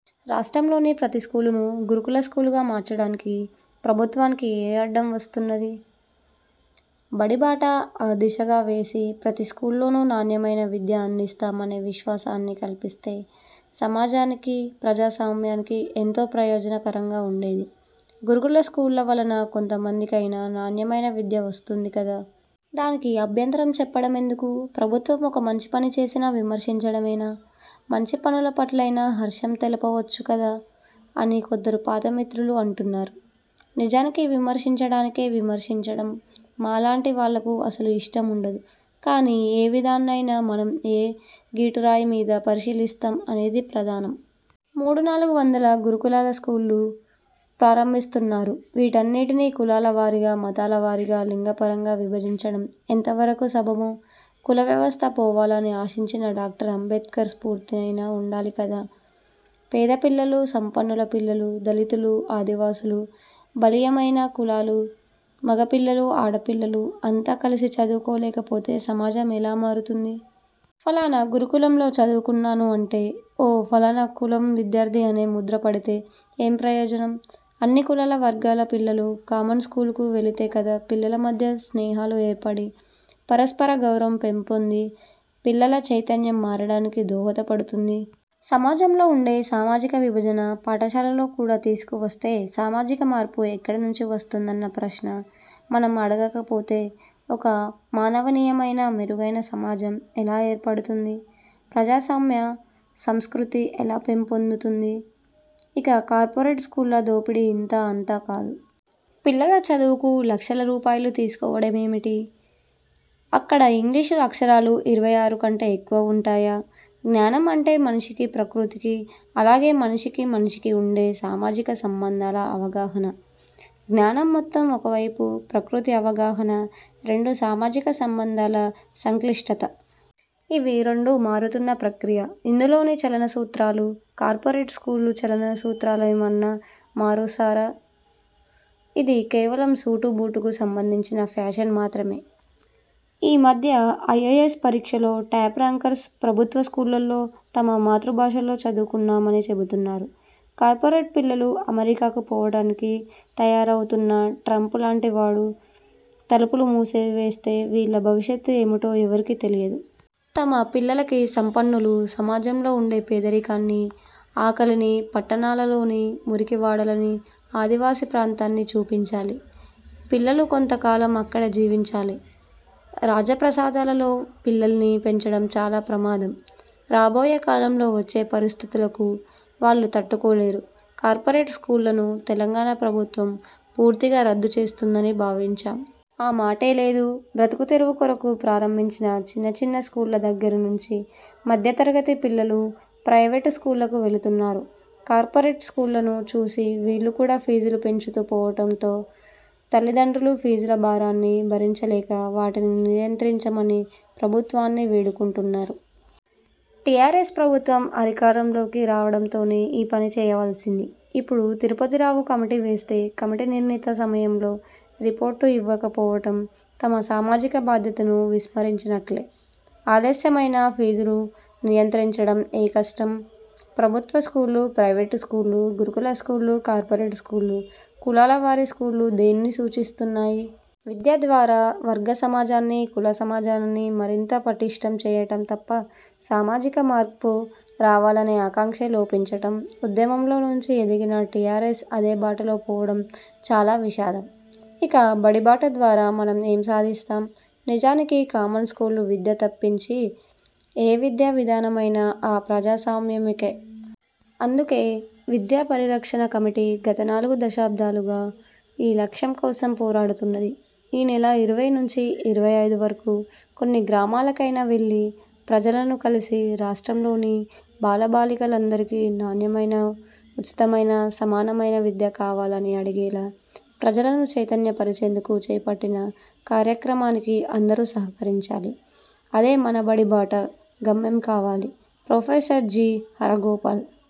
రాష్ట్రంలోని ప్రతి స్కూలును గురుకుల స్కూలుగా మార్చడానికి ప్రభుత్వానికి ఏ అడ్డం వస్తున్నది? బడి బాట ఆ దిశగా వేసి ప్రతి స్కూలులోను నాణ్యమైన విద్య అందిస్తామనే విశ్వాసాన్ని కల్పిస్తే సమాజానికి, ప్రజాస్వామ్యానికి ఎంతో ప్రయోజనకరంగా ఉండేది. గురుకుల స్కూళ్ళ వలన కొంతమంది కైనా నాణ్యమైన విద్య వస్తుంది కదా! దానికి అభ్యంతరం చెప్పడమెందుకు. ప్రభుత్వం ఒక మంచి పని చేసినా విమర్శించడమేనా, మంచి పనుల పట్లైనా హర్షం తెలపవచ్చు కదా అని కొందరు పాత మిత్రులు అంటున్నారు. నిజానికి విమర్శించడానికే విమర్శించడం మాలాంటి వాళ్ళకు అసలు ఇష్టం ఉండదు. కాని ఏ విధానాన్నైనా మనం ఏ గీటురాయి మీద పరిశీలిస్తాం అనేది ప్రధానం. మూడు నాలుగు వందల గురుకులాల స్కూళ్ళు ప్రారంభిస్తున్నారు. వీటన్నింటినీ కులాల వారీగా, మతాల వారీగా, లింగ పరంగా విభజించడం ఎంత వరకు సబబు? కుల వ్యవస్థ పోవాలని ఆశించిన డాక్టర్ అంబేడ్కర్ స్ఫూర్తైనా ఉండాలి కదా. పేద పిల్లలు, సంపన్నుల పిల్లలు, దళితులు, ఆదివాసీలు, బలీయ మైన కులాలు, మగపిల్లలు, ఆడపిల్లలు అంతా కలిసి చదువుకో లేకపోతే సమాజం ఎలా మారుతుంది. ఫలానా గురుకులంలో చదువుకున్నాను అంటే ఓ ఫలానా కులం విద్యార్థి అనే ముద్ర పడితే ఏం ప్రయోజనం. అన్ని కులాల వర్గాల పిల్లలు కామన్ స్కూల్ కు వెళితే కదా పిల్లల మధ్య స్నేహాలు ఏర్పడి, పరస్పర గౌరవం పెంపొంది పిల్లల చైతన్యం మారడానికి దోహద పడుతుంది. సమాజంలో ఉండే సామాజిక విభజన పాఠశాలలో కూడా తీసుకు వస్తే, సామాజిక మార్పు ఎక్కడి నుంచి వస్తుందన్న ప్రశ్న మనం అడగక పోతే, ఒక మానవనీయమైన మెరుగైన సమాజం ఎలా ఏర్పడుతుంది. ప్రజాస్వామ్య సంస్కృతి ఎలా పెంపొందుతుంది? ఇక కార్పొరేట్ స్కూళ్ళ దోపిడీ ఇంతా అంతా కాదు. పిల్లల చదువుకు లక్షల రూపాయలు తీసుకోవడమేమిటి? అక్కడ ఇంగ్లీషు అక్షరాలు ఇరవై ఆరు కంటే ఎక్కువ ఉంటాయా? జ్ఞానం అంటే మనిషికి, ప్రకృతికి, అలాగే మనిషికి మనిషికి ఉండే సామాజిక సంబంధాల అవగాహన. జ్ఞానం మొత్తం ఒకవైపు ప్రకృతి అవగాహన, రెండు సామాజిక సంబంధాల సంక్లిష్టత. ఇవి రెండు మారుతున్న ప్రక్రియ, అందులోని చలన సూత్రాలు. కార్పొరేట్ స్కూళ్ళు చలన సూత్రాలనేమన్నా మారుసారా? ఇది కేవలం సూటు బూటుకు సంబంధించిన ఫ్యాషన్ మాత్రమే. ఈ మధ్య ఐఏఎస్ పరీక్షలో టాప్ ర్యాంకర్స్ ప్రభుత్వ స్కూళ్ళల్లో తమ మాతృభాషలో చదువుకున్నామని చెబుతున్నారు. కార్పొరేట్ పిల్లలు అమెరికాకు పోవడానికి తయారవుతున్నా ట్రంప్ లాంటి వాడు తలుపులు మూసివేస్తే వీళ్ళ భవిష్యత్తు ఏమిటో ఎవరికీ తెలియదు. తమ పిల్లలకి సంపన్నులు సమాజంలో ఉండే పేదరికాన్ని, ఆకలిని పట్టణాల లోని మురికి వాడలని, ఆదివాసీ ప్రాంతాల్ని చూపించాలి. పిల్లలు కొంత కాలం అక్కడ జీవించాలి. రాజ ప్రసాదాలలో పిల్లల్ని పెంచడం చాలా ప్రమాదం. రాబోయే కాలంలో వచ్చే పరిస్థితులకు వాళ్ళు తట్టుకోలేరు. కార్పొరేట్ స్కూళ్ళను తెలంగాణ ప్రభుత్వం పూర్తిగా రద్దు చేస్తుందని భావించాం. ఆ మాటే లేదు! బ్రతుకు తెరువు కొరకు ప్రారంభించిన చిన్న చిన్న స్కూళ్ళ దగ్గరి నుంచి మధ్య తరగతి పిల్లలు ప్రైవేటు స్కూళ్ళకు వెళుతున్నారు. కార్పొరేట్ స్కూళ్ళను చూసి వీళ్ళు కూడా ఫీజులు పెంచుతూ పోవడంతో తల్లిదండ్రులు ఫీజుల భారాన్ని భరించలేక వాటిని నియంత్రించమని ప్రభుత్వాన్ని వేడుకుంటున్నారు. టీఆర్ఎస్ ప్రభుత్వం అధికారం లోకి రావడంతోనే ఈ పనిచేయవలసింది. ఇప్పుడు తిరుపతి రావు కమిటీ వేస్తే, కమిటీ నిర్ణీత సమయంలో రిపోర్టు ఇవ్వకపోవడం తమ సామాజిక బాధ్యతను విస్మరించినట్లే. ఆలస్యమైనా ఫీజులు నియంత్రించడం ఏ కష్టం? ప్రభుత్వ స్కూళ్ళు, ప్రైవేటు స్కూళ్ళు, గురుకుల స్కూళ్ళు, కార్పొరేట్ స్కూళ్ళు, కులాల వారీ స్కూళ్ళు దేన్ని సూచిస్తున్నాయి? విద్య ద్వారా వర్గ సమాజాన్ని, కుల సమాజాన్ని మరింత పటిష్ఠం చేయడం తప్ప సామాజిక మార్పు రావాలనే ఆకాంక్షే లోపించటం, ఉద్యమంలో నుంచి ఎదిగిన టీఆర్ఎస్ అదే బాటలో పోవడం చాలా విషాదం. ఇక 'బడి బాట' ద్వారా మనం ఏం సాధిస్తాం? నిజానికి కామన్ స్కూల్ విద్య తప్పించి, ఏ విద్యా విధానమైనా అ ప్రజాస్వామ్యామికే. అందుకే విద్యా పరిరక్షణ కమిటీ గత నాలుగు దశాబ్దాలుగా ఈ లక్ష్యం కోసం పోరాడుతున్నది. ఈ నెల ఇరవై నుంచి ఇరవై ఐదు వరకు కొన్ని గ్రామాల కైనా వెళ్ళి ప్రజలను కలిసి, రాష్ట్రంలోని బాల బాలికలు అందరికీ నాణ్యమైన, ఉచితమైన, సమానమైన విద్య కావాలని అడిగేలా ప్రజలను చైతన్య పరిచేందుకు చేపట్టిన కార్యక్రమానికి అందరూ సహకరించాలి. అదే మన బడి బాట గమ్యం కావాలి. Professor G. హరగోపాల్